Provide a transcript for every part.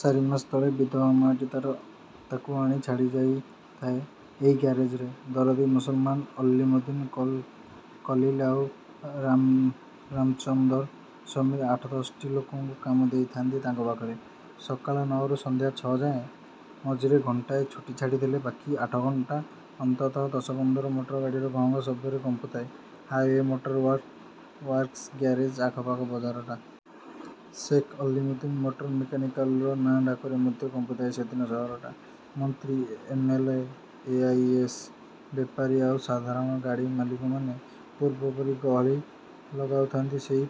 ଚାରିମାସ ତଳେ ବିଧବା ମା'ଟି ତାର ତାକୁ ଆଣି ଛାଡ଼ିଯାଇ ଥାଏ ଏହି ଗ୍ୟାରେଜରେ। ଦରଦି ମୁସଲମାନ ଅଲ୍ଲିମ୍ମୁଦ୍ଦିନ୍, କଲିଲ୍ ଆଉ ରାମ୍ଚନ୍ଦର ସମେତ୍ ଆଠ ଦଶଟି ଲୋକଙ୍କୁ କାମ ଦେଇଥାନ୍ତି ତାଙ୍କ ପାଖରେ। ସକାଳ ନ' ରୁ ସନ୍ଧ୍ୟା ଛ' ଯାକେ ମଝିରେ ଘଣ୍ଟାଏ ଛୁଟି ଛାଡ଼ିଦେଲେ ବାକି ଆଠଘଣ୍ଟା ଅନ୍ତତଃ ଦଶପନ୍ଦର ମଟର ଗାଡ଼ିର ଘଁ ଘଁ ଶବ୍ଦରେ କମ୍ପୁଥାଏ 'ହାଇୱେ ମୋଟର ୱାର୍କ୍ସ୍ ଗ୍ୟାରେଜ ଆଖପାଖ ବଜାରଟା। ଶେଖ୍ ଅଲ୍ଲିମ୍ମୁଦ୍ଦିନ୍ ମଟର ମେକାନିକର୍ ନାଁ ଡାକରେ ମଧ୍ୟ କମ୍ପୁଥାଏ ସେଦିନ ସହରଟା-। ମନ୍ତ୍ରୀ, M. L. A, I. A. S., ବେପାରୀ ଆଉ ସାଧାରଣ ଗାଡ଼ି ମାଲିକମାନେ ପୂର୍ବପରି ଗହଳି ଲଗାଉଥାନ୍ତି ସେଇ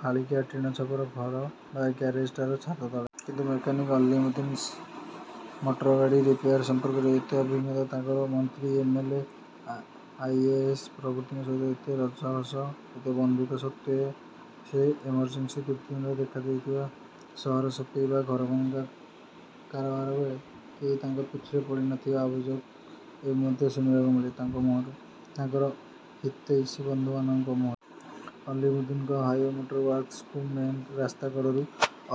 ଫାଳିକିଆ ଟିଣ ଛପର ଘର ବା ଗ୍ୟାରେଜଟାର ଛାତ ତଳେ। କିନ୍ତୁ ମେକାନିକ୍ ଅଲ୍ଲିମ୍ମୁଦ୍ଦିନ୍ଙ୍କର ମଟରଗାଡ଼ି ରିପେୟାର ସମ୍ପର୍କରେ ଏତେ ଅଭିଜ୍ଞତା, ତାଙ୍କର ମନ୍ତ୍ରୀ, M, L. A., I. A. S. ପ୍ରଭୃତିଙ୍କ ସହିତ ଏତେ ରଜଘସ ଏତେ ବନ୍ଧୁତା ସତ୍ୱେ ର ସେଇ ଏମର୍ଜେନ୍ସି ଦୁର୍ଦ୍ଦିନରେ ଦେଖାଦେଇଥିବା ସହର ସଫେଇ ବା ଘରଭଙ୍ଗା କାରବାରବେଳେ କେହି ତାଙ୍କ ପିଠିରେ ପଡ଼ି ନ ଥିବା ଅଭିଯୋଗ ଏବେ ମଧ୍ୟ ଶୁଣିବାକୁ ମିଳେ ତାଙ୍କ ମୁହଁରୁ, ତାଙ୍କର ହିତୈଷୀ ବନ୍ଧୁମାନଙ୍କ ମୁହଁରୁ। ଅଲ୍ଲିମ୍ମୁଦ୍ଦିନଙ୍କ 'ହାଇୱେ ମୋଟର ୱାର୍କସ୍' କୁ ମେନ୍ ରାସ୍ତା କଡ଼ରୁ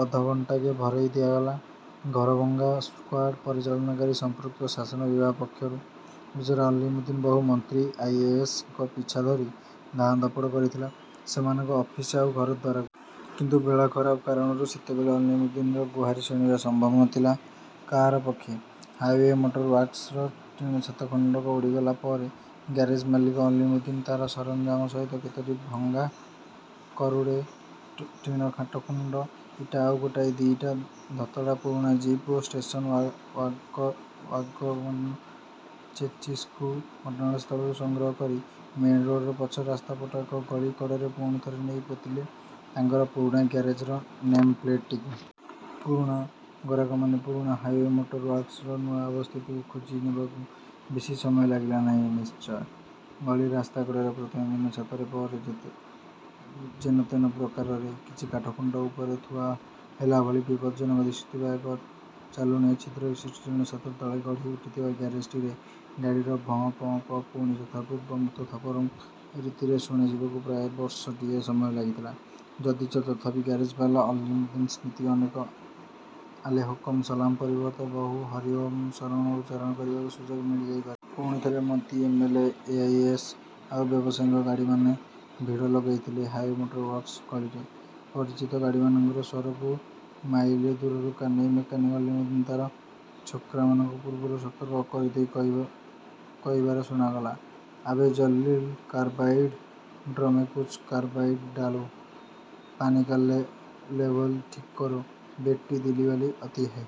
ଅଧ ଘଣ୍ଟାକେ ଉଭେଇ ଦିଆଗଲା ଘରଭଙ୍ଗା ସ୍ୱାର୍ଡ଼ ପରିଚାଳନାକାରୀ ସଂପୃକ୍ତ ଶାସନ ବିଭାଗ ପକ୍ଷରୁ। ବିଚରା ଅଲ୍ଲିମ୍ମୁଦ୍ଦିନ୍ ବହୁ ମନ୍ତ୍ରୀ, ଆଇ. ଏ. ଏସ୍. ଙ୍କ ପିଛା ଧରି ଧାଁ ଧପଡ଼ କରିଥିଲା ସେମାନଙ୍କ ଅଫିସ୍ ଆଉ ଘର ଦ୍ଵାରକୁ। କିନ୍ତୁ ବେଳା ଖରାପ କାରଣରୁ ସେତେବେଳେ ଅଲ୍ଲିମ୍ମୁଦ୍ଦିନର ଗୁହାରି ଶୁଣିବା ସମ୍ଭବ ନଥିଲା କାହାରି ପକ୍ଷେ। 'ହାଇୱେ ମୋଟର ୱାର୍କସ୍' ର ଟିଣ ଛାତ ଖଣ୍ଡକ ଉଡ଼ିଗଲା ପରେ ଗ୍ୟାରେଜ ମାଲିକ ଅଲ୍ଲିମ୍ମୁଦ୍ଦିନ୍ ତାର ସରଞ୍ଜାମ ସହିତ କେତୋଟି ଭଙ୍ଗା କରୁଗେଟଡ୍ ଟିଣ, କାଠଖୁଣ୍ଟ ଇଟା ଆଉ ଗୋଟାଏ ଦିଇଟା ଧତଡ଼ା ପୁରୁଣା ଜିପ୍ ଓ ଷ୍ଟେସନ୍ ୱାଗନ୍ର ଚେସିସ୍କୁ ଘଟଣାସ୍ଥଳରୁ ସଂଗ୍ରହ କରି ମେନ୍ରୋଡ଼ରେ ପଛ ରାସ୍ତା ପଟ ଏକ ଗଳି କଡ଼ରେ ପୁଣିଥରେ ନେଇ ପୋତିଲେ ତାଙ୍କର ପୁରୁଣା ଗ୍ୟାରେଜର ନେମ୍ ପ୍ଲେଟ୍ଟିକୁ। ପୁରୁଣା ଗରାଖମାନେ ପୁରୁଣା 'ହାଇୱେ ମୋଟର ୱର୍କସ୍' ର ନୂଆ ଅବସ୍ଥିତିଟିକୁ ଖୋଜି ନେବାକୁ ବେଶୀ ସମୟ ଲାଗିଲା ନାହିଁ ନିଶ୍ଚୟ। ଗଳି ରାସ୍ତାକଡ଼ରେ ପ୍ରଥମେ ବିନା ଛାତରେ, ପରେ ଯେନତେନ ପ୍ରକାରେଣ କିଛି କାଠଖୁଣ୍ଟ ଉପରେ ଥୁଆ ହେଲାଭଳି ବିପଜ୍ଜନକ ଦିଶୁଥିବା ଏକ ଚାଲୁଣିଆ ଛିଦ୍ର ବିଶିଷ୍ଟ ଟିଣଛାତ ତଳେ ଗଢ଼ି ଉଠିଥିବା ଗ୍ୟାରେଜଟିରେ ଗାଡ଼ିର ଭଁ ଭଁ ପଁ ପଁ ପୁଣି ଯଥାପୂର୍ବଂ ତଥାପରଂ ରୀତିରେ ଶୁଣାଯିବାକୁ ପ୍ରାୟ ବର୍ଷଟିଏ ସମୟ ଲାଗିଥିଲା ଯଦିଚ ତଥାପି ଗ୍ୟାରେଜବାଲା ଅଲ୍ଲିମ୍ମୁଦ୍ଦିନ୍ଙ୍କୁ ନିତି ଅନେକ 'ଆଲେକୋହମ୍ ସଲାମ୍' ପରିବର୍ତ୍ତେ ବହୁ 'ହରି ଓଁ ଶରଣଂ' ଉଚ୍ଚାରଣ କରିବାକୁ ସୁଯୋଗ ମିଳିଯାଇ ପାରିଥିଲା। ପୁଣିଥରେ ମନ୍ତ୍ରୀ, M. L. A., I. A. S. ଆଉ ବ୍ୟବସାୟୀଙ୍କ ଗାଡ଼ିମାନେ ଭିଡ଼ ଲଗେଇଥିଲେ 'ହାଇୱେ ମୋଟର ୱର୍କସ୍' ଗଳିରେ। ପରିଚିତ ଗାଡ଼ିମାନଙ୍କର ସ୍ଵରକୁ ମାଇଲିଏ ଦୂରରୁ କାନେଇ ମେକାନିକ୍ ଅଲ୍ଲିମ୍ମୁଦ୍ଦିନ୍ ତାର ଛୋକ୍ରାମାନଙ୍କୁ ପୂର୍ବରୁ ସତର୍କ କରିଦେଇ କହିବାର ଶୁଣାଗଲା। "ଆବେ ଜଲିଲ୍-କାର୍ବାଇଡ଼୍ ଡ୍ରମ୍ରେ କୁଛ୍ କାର୍ବାଇଡ୍ ଡାଲୋ! ପାନିକା ଲେଭଲ୍ ଠିକ୍ କରୋ। ବେଟୀ ଦିଲ୍ଲୀବାଲୀ ଅତି ହୈ!